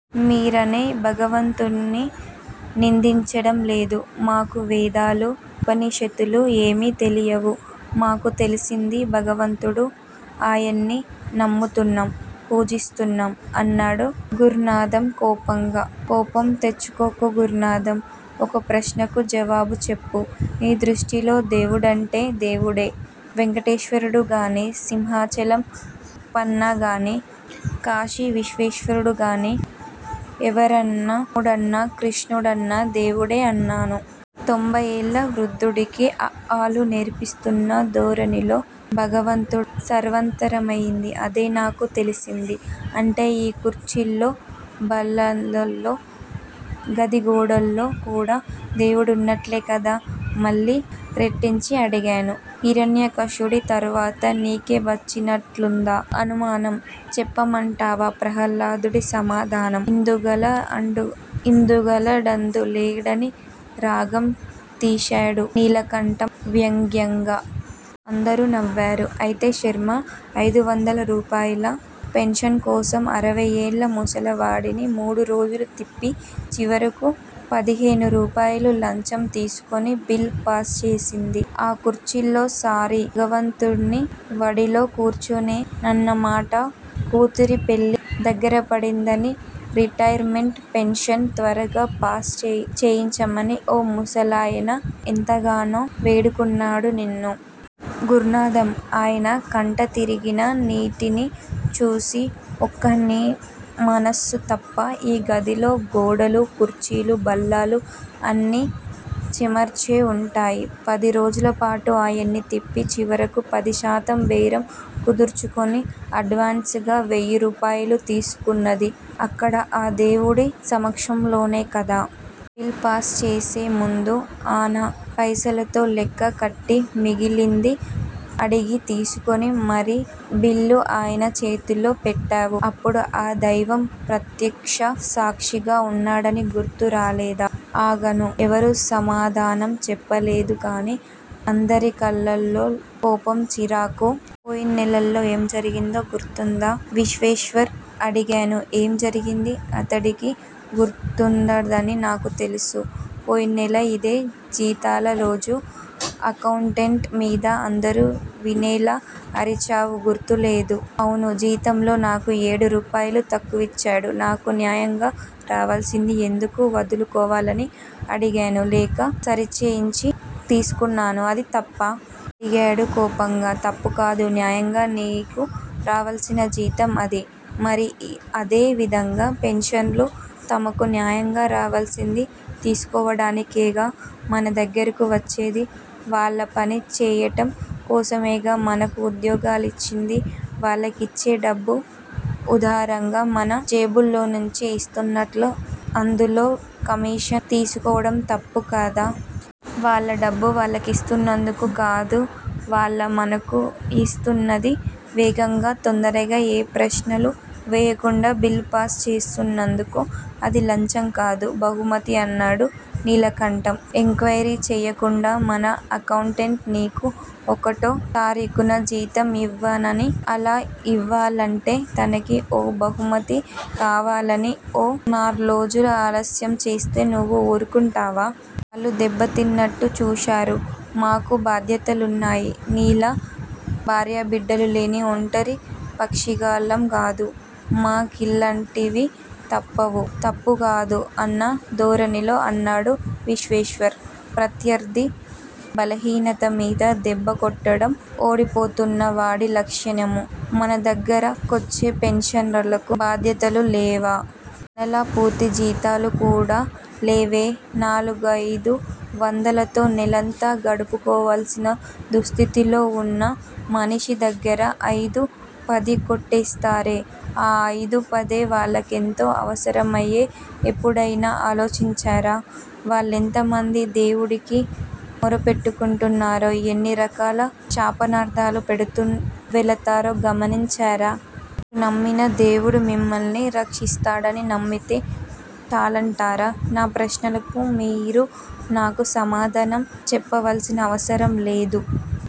మీరనే భగవంతుడినీ నిందించడం లేదు. మాకు వేదాలు, ఉపనిషత్తులు ఏమీ తెలియవు. మాకు తెలిసింది భగవంతుడు. ఆయన్ని నమ్ముతున్నాం, పూజిస్తున్నాం అన్నాడు గుర్నాధం కోపంగా. కోపం తెచ్చుకోకు గుర్నాధం. ఒక్క ప్రశ్నకు జవాబు చెప్పు. నీ దృష్టిలో దేవుడంటే దేవుడే. వేంకటేశ్వరుడు గానీ, సింహాచలం అప్పన్న గానీ, కాశీ విశ్వేశ్వరుడు గానీ ఎవరయినా రాముడన్నా, కృష్ణుడన్నా దేవుడే అన్నాను. తొంభయ్యేళ్ళ వృద్ధుడికి అ ఆ లు నేర్పిస్తున్న ధోరణిలో. భగవంతుడు సర్వాంతార్యామి. అదే నాకు తెలిసింది. అంటే ఈ కుర్చీల్లో, బల్లల్లో, గది గోడల్లో కూడా దేముడున్నట్లే కదా? మళ్ళీ రెట్టించి అడిగాను. హిరణ్యకశ్యకుడి తర్వాత నీకే వచ్చినట్లుందా అనుమానం. చెప్పమంటావా ప్రహ్లాదుడి సమాధానం? ఇందుగల డందులేడని రాగం తీశాడు నీలకంఠం వ్యంగ్యంగా. అందరూ నవ్వారు. అయితే శర్మా! అయిదు వందల రూపాయల పెన్షన్ కోసం అరవయ్యేళ్ళ ముసలావిడని మూడు రోజులు తిప్పి, చివరకు పదిహేను రూపాయల లంచం తీసుకుని బిల్ పాస్ చేసింది ఆ కుర్చీలో సారీ భగవంతుడి వడిలో కూర్చునేనన్నమాట. కూతురి పెళ్ళి దగ్గరపడిందని రిటైర్ మెంట్ పెన్షన్ త్వరగా పాస్ చేయించమని ఓ ముసలాయన ఎంతగానో వేడుకున్నాడు నిన్ను. గుర్నాధం! ఆయన కంట తిరిగిన నీటిని చూసి ఒక్క నీ మనసు తప్ప ఈ గదిలో గోడలు, కుర్చీలు, బల్లలూ అన్నీ చెమర్చే వుంటాయి. పది రోజులపాటు ఆయన్ని తిప్పి చివరకు పది శాతం బేరం కుదుర్చుకుని అడ్వాన్స్ గా వెయ్యిరూపాయలు తీసుకున్నది అక్కడ ఆ దేవుడి సమక్షంలోనే కదా! బిల్ పాస్ చేసే ముందు అణా పైసలతో లెక్క కట్టి మిగిలింది అడిగి తీసుకుని మరీ బిల్లు ఆయన చేతిలో పెట్టావు. అప్పుడు ఆ దైవం ప్రత్యక్ష సాక్షిగా ఉన్నాడని గుర్తు రాలేదా? ఆగాను. ఎవరూ సమాధానం చెప్పలేదు కానీ అందరి కళ్ళలో కోపం చిరాకు. పోయిన్నెలలో ఏం జరిగిందో గుర్తుందా విశ్వేశ్వర్? అడిగాను. ఏం జరిగింది? అతడికి గుర్తుండదని నాకు తెలుసు. పోయిన్నెల ఇదే జీతాల రోజు అక్కౌంటెంట్ మీద అందరూ వినేలా అరిచావు గుర్తు లేదూ? అవును జీతంలో నాకు ఏడు రూపాయలు తక్కువిచ్చాడు. నాకు న్యాయంగా రావలసింది ఎందుకు వదులుకోవాలని అడిగి లెక్క సరిచేయించి తీసుకున్నాను అది తప్పా? అడిగాడు కోపంగా. తప్పుకాదు. న్యాయంగా నీకు రావలసిన జీతం అది. మరి అదే విధంగా పెన్షనర్లు తమకు న్యాయంగా రావలసింది తీసుకోవడానికేగా మన దగ్గరకు వచ్చేది? వాళ్ళ పని చేయటం కోసమేగా మనకు ఉద్యోగాలిచ్చింది? వాళ్ళకిచ్చే డబ్బు ఉదారంగా మన జేబుల్లోంచి ఇస్తున్నట్లు అందులో కమీషన్ తీసుకోవడం తప్పు కాదా? వాళ్ళ డబ్బు వాళ్ళకిస్తున్నందుకు కాదు వాళ్ళు మాకు యిస్తున్నది. వేగంగా, తొందరగా, ఏ ప్రశ్నలూ వేయకుండా బిల్ పాస్ చేస్తున్నందుకు. అది 'లంచం' కాదు. 'బహుమతి' అన్నాడు నీలకంఠం. ఎంక్వయిరీ చేయకుండా మన అకౌంటెంట్ నీకు ఒకటో తారీఖున జీతం యివ్వననీ, అలా ఇవ్వాలంటే తనకీ ఓ 'బహుమతి' కావాలనీ ఓ నాల్రోజులు ఆలస్యం చేస్తే నువ్వు వూరుకుంటావా? వాళ్ళు దెబ్బతిన్నట్టు చూశారు. మాకు బాధ్యతలున్నాయి. నీలా భార్యాబిడ్డలు లేని ఒంటరి పక్షిగాళ్ళం కాదు. మా కిలాంటివి తప్పవు. తప్పు కాదు అన్న ధోరణిలో అన్నాడు విశ్వేశ్వర్. ప్రత్యర్ధి బలహీనత మీద దెబ్బ కొట్టడం ఓడిపోతున్న వాడి లక్షణము. మన దగ్గరకొచ్చే పెన్షనర్లకు బాధ్యతలు లేవా? మనలా పూర్తి జీతాలు కూడా లేవే. నాలుగయిదు వందలతో నేలంతా గడుపుకోవాల్సిన దుస్థితిలో వున్న మనిషి దగ్గర అయిదూ, పదీ కొట్టేస్తారే. ఆ అయిదూ, పదే వాళ్ళకెంత అవసరమో ఎప్పుడైనా ఆలోచించారా? వాళ్ళెంత మంది దేవుడికి మొర పెట్టుకుంటారో ఎన్ని రకాల శాపనార్ధాలు పెడుతూ వెళతారో గమనించారా? మీరు నమ్మిన దేవుడు మిమ్మల్ని రక్షిస్తాడని నమ్మితే చాలంటారా? నా ప్రశ్నలకు మీరు నాకు సమాధానం చెప్పాల్సినవసరం లేదు.